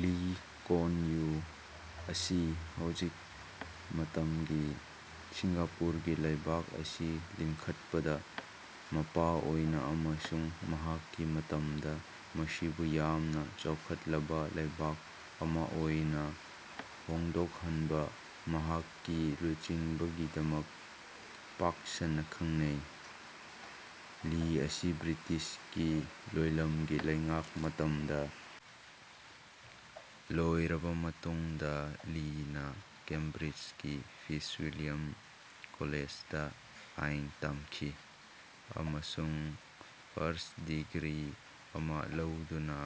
ꯂꯤ Kuan Yew ꯑꯁꯤ ꯍꯧꯖꯤꯛ ꯃꯇꯝꯒꯤ ꯁꯤꯡꯒꯥꯄꯨꯔꯒꯤ ꯂꯩꯕꯥꯛ ꯑꯁꯤ ꯂꯤꯡꯈꯠꯄꯗ ꯃꯄꯥ ꯑꯣꯏꯅ ꯑꯃꯁꯨꯡ ꯃꯍꯥꯛꯀꯤ ꯃꯇꯝꯗ ꯃꯁꯤꯕꯨ ꯌꯥꯝꯅ ꯆꯥꯎꯈꯠꯂꯕ ꯂꯩꯕꯥꯛ ꯑꯃ ꯑꯣꯏꯅ ꯍꯣꯡꯗꯣꯛꯍꯟꯕ ꯃꯍꯥꯛꯀꯤ ꯂꯨꯆꯤꯡꯕꯒꯤꯗꯃꯛ ꯄꯥꯛ ꯁꯟꯅ ꯈꯡꯅꯩ꯫ ꯂꯤ ꯑꯁꯤ ꯕ꯭ꯔꯤꯇꯤꯁꯀꯤ ꯂꯣꯏꯂꯝꯒꯤ ꯂꯩꯉꯥꯛ ꯃꯇꯝꯗ ꯂꯣꯏꯔꯕ ꯃꯇꯨꯡꯗ ꯂꯤꯅ ꯀꯦꯝꯕ꯭ꯔꯤꯖꯀꯤ ꯐꯤꯠꯖ꯭ꯋꯤꯂꯤꯌꯝ ꯀꯣꯂꯦꯖꯗ ꯑꯥꯏꯟ ꯇꯝꯈꯤ, ꯑꯃꯁꯨꯡ ꯐꯔ꯭ꯁꯠ ꯗꯤꯒ꯭ꯔꯤ ꯑꯃ ꯂꯧꯗꯨꯅ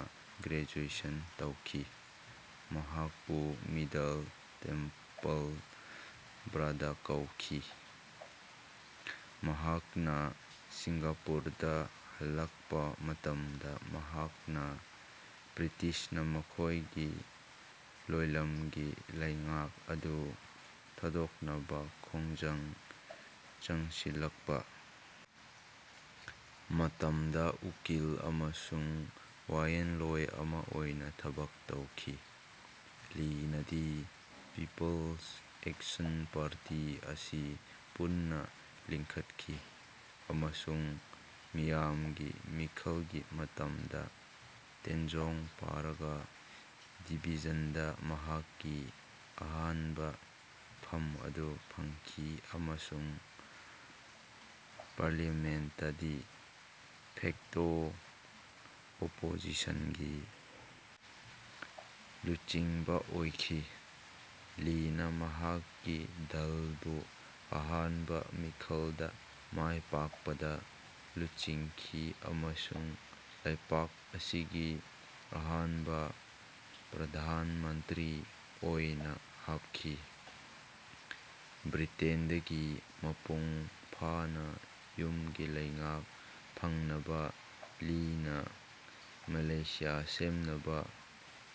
ꯒ꯭ꯔꯦꯖꯨꯑꯦꯁꯟ ꯇꯧꯈꯤ꯫ ꯃꯍꯥꯛꯄꯨ ꯃꯤꯗꯜ ꯇꯦꯝꯄꯜ ꯕꯥꯔꯗ ꯀꯧꯈꯤ꯫ ꯃꯍꯥꯛꯅ ꯁꯤꯡꯒꯥꯄꯨꯔꯗ ꯍꯜꯂꯛꯄ ꯃꯇꯝꯗ ꯃꯍꯥꯛꯅ ꯕ꯭ꯔꯤꯇꯤꯁꯅ ꯃꯈꯣꯏꯒꯤ ꯂꯣꯏꯂꯝꯒꯤ ꯂꯩꯉꯥꯛ ꯑꯗꯨ ꯊꯥꯗꯣꯛꯅꯕ ꯈꯣꯡꯖꯪ ꯆꯪꯁꯤꯜꯂꯛꯄ ꯃꯇꯝꯗ ꯎꯀꯤꯜ ꯑꯃꯁꯨꯡ ꯋꯥꯌꯦꯜꯂꯣꯏ ꯑꯃ ꯑꯣꯏꯅ ꯊꯕꯛ ꯇꯧꯈꯤ꯫ ꯂꯤꯅ ꯗꯤ ꯄꯤꯄꯜꯁ ꯑꯦꯛꯁꯟ ꯄꯥꯔꯇꯤ ꯑꯁꯤ ꯄꯨꯟꯅ ꯂꯤꯡꯈꯠꯈꯤ ꯑꯃꯁꯨꯡ ꯃꯤꯌꯥꯝꯒꯤ ꯃꯤꯈꯜꯒꯤ ꯃꯇꯝꯗ ꯇꯥꯟꯖꯣꯡ ꯄꯥꯒꯔ ꯗꯤꯕꯤꯖꯟꯗ ꯃꯍꯥꯛꯀꯤ ꯑꯍꯥꯟꯕ ꯐꯝ ꯑꯗꯨ ꯐꯪꯈꯤ ꯑꯃꯁꯨꯡ ꯄꯥꯔꯂꯤꯌꯥꯃꯦꯟꯠꯇ ꯗꯤ ꯐꯦꯛꯇꯣ ꯑꯣꯄꯣꯖꯤꯁꯟꯒꯤ ꯂꯨꯆꯤꯡꯕ ꯑꯣꯏꯈꯤ꯫ ꯂꯤꯅ ꯃꯍꯥꯛꯀꯤ ꯗꯜꯕꯨ ꯑꯍꯥꯟꯕ ꯃꯤꯈꯜꯗ ꯃꯥꯏ ꯄꯥꯛꯄꯗ ꯂꯨꯆꯤꯡꯈꯤ ꯑꯃꯁꯨꯡ ꯂꯩꯄꯥꯛ ꯑꯁꯤꯒꯤ ꯑꯍꯥꯟꯕ ꯄ꯭ꯔ꯭ꯙꯥꯟ ꯃꯟꯇ꯭ꯔꯤ ꯑꯣꯏꯅ ꯍꯥꯞꯈꯤ꯫ ꯕ꯭ꯔꯤꯇꯦꯟꯗꯒꯤ ꯃꯄꯨꯡ ꯐꯥꯅ ꯌꯨꯝꯒꯤ ꯂꯩꯉꯥꯛ ꯐꯪꯅꯕ ꯂꯤꯅ ꯃꯂꯦꯁꯤꯌꯥ ꯁꯦꯝꯅꯕ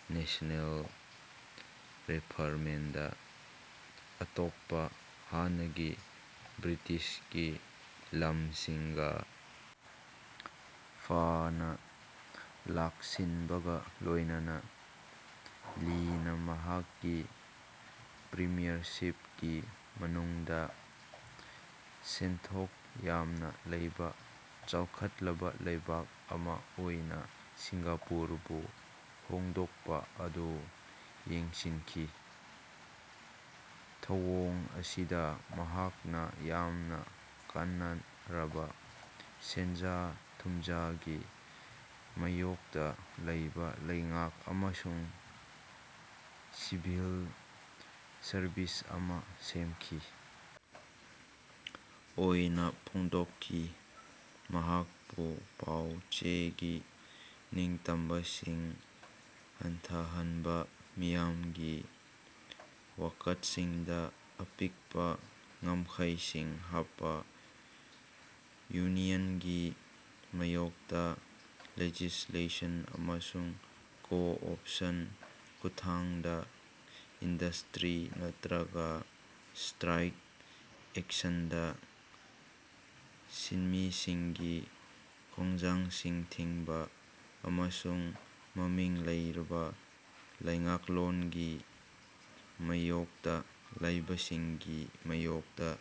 ꯅꯦꯁꯅꯦꯜ ꯔꯦꯐ꯭ꯔꯃꯦꯟꯗ ꯑꯇꯣꯞꯄ ꯍꯥꯟꯅꯒꯤ ꯕ꯭ꯔꯤꯇꯤꯁꯀꯤ ꯂꯝꯁꯤꯡꯒ ꯐꯥꯅ ꯂꯥꯛꯁꯤꯟꯕꯒ ꯂꯣꯏꯅꯅ, ꯂꯤꯅ ꯃꯍꯥꯛꯀꯤ ꯄ꯭ꯔꯤꯃ꯭ꯌꯔꯁꯤꯞꯀꯤ ꯃꯅꯨꯡꯗ ꯁꯦꯟꯊꯣꯛ ꯌꯥꯝꯅ ꯂꯩꯕ ꯆꯥꯎꯈꯠꯂꯕ ꯂꯩꯕꯥꯛ ꯑꯃ ꯑꯣꯏꯅ ꯁꯤꯡꯒꯥꯄꯨꯔꯕꯨ ꯍꯣꯡꯗꯣꯛꯄ ꯑꯗꯨ ꯌꯦꯡꯁꯤꯟꯈꯤ꯫ ꯊꯧꯑꯣꯡ ꯑꯁꯤꯗ ꯃꯍꯥꯛꯅ ꯌꯥꯝꯅ ꯀꯥꯟꯅꯔꯕ ꯁꯦꯟꯖꯥ ꯊꯨꯝꯖꯥꯒꯤ ꯃꯥꯌꯣꯛꯇ ꯂꯩꯕ ꯂꯩꯉꯥꯛ ꯑꯃꯁꯨꯡ ꯁꯤꯚꯤꯜ ꯁꯔꯕꯤꯁ ꯑꯃ ꯁꯦꯝꯈꯤ꯫ ꯑꯣꯏꯅ ꯐꯣꯡꯗꯣꯛꯈꯤ꯫ ꯃꯍꯥꯛꯄꯨ ꯄꯥꯎ ꯆꯦꯒꯤ ꯅꯤꯡꯇꯝꯕꯁꯤꯡ ꯍꯟꯊꯍꯟꯕ ꯃꯤꯌꯥꯝꯒꯤ ꯋꯥꯀꯠꯁꯤꯡꯗ ꯑꯄꯤꯛꯄ ꯉꯝꯈꯩꯁꯤꯡ ꯍꯥꯞꯄ ꯌꯨꯅꯤꯌꯟꯒꯤ ꯃꯥꯌꯣꯛꯇ ꯂꯦꯖꯤꯁꯂꯦꯁꯟ ꯑꯃꯁꯨꯡ ꯀꯣ ꯑꯣꯞꯁꯟ ꯈꯨꯠꯊꯥꯡꯗ ꯏꯟꯗꯁꯇ꯭ꯔꯤ ꯅꯠꯇ꯭ꯔꯒ ꯁ꯭ꯇ꯭ꯔꯥꯏꯛ ꯑꯦꯛꯁꯟꯗ ꯁꯤꯟꯃꯤꯁꯤꯡꯒꯤ ꯈꯣꯡꯖꯪꯁꯤꯡ ꯊꯤꯡꯕ ꯑꯃꯁꯨꯡ ꯃꯃꯤꯡ ꯂꯩꯔꯕ ꯂꯩꯉꯥꯛꯂꯣꯟꯒꯤ ꯃꯥꯌꯣꯛꯇ ꯂꯩꯕꯁꯤꯡꯒꯤ ꯃꯥꯌꯣꯛꯇ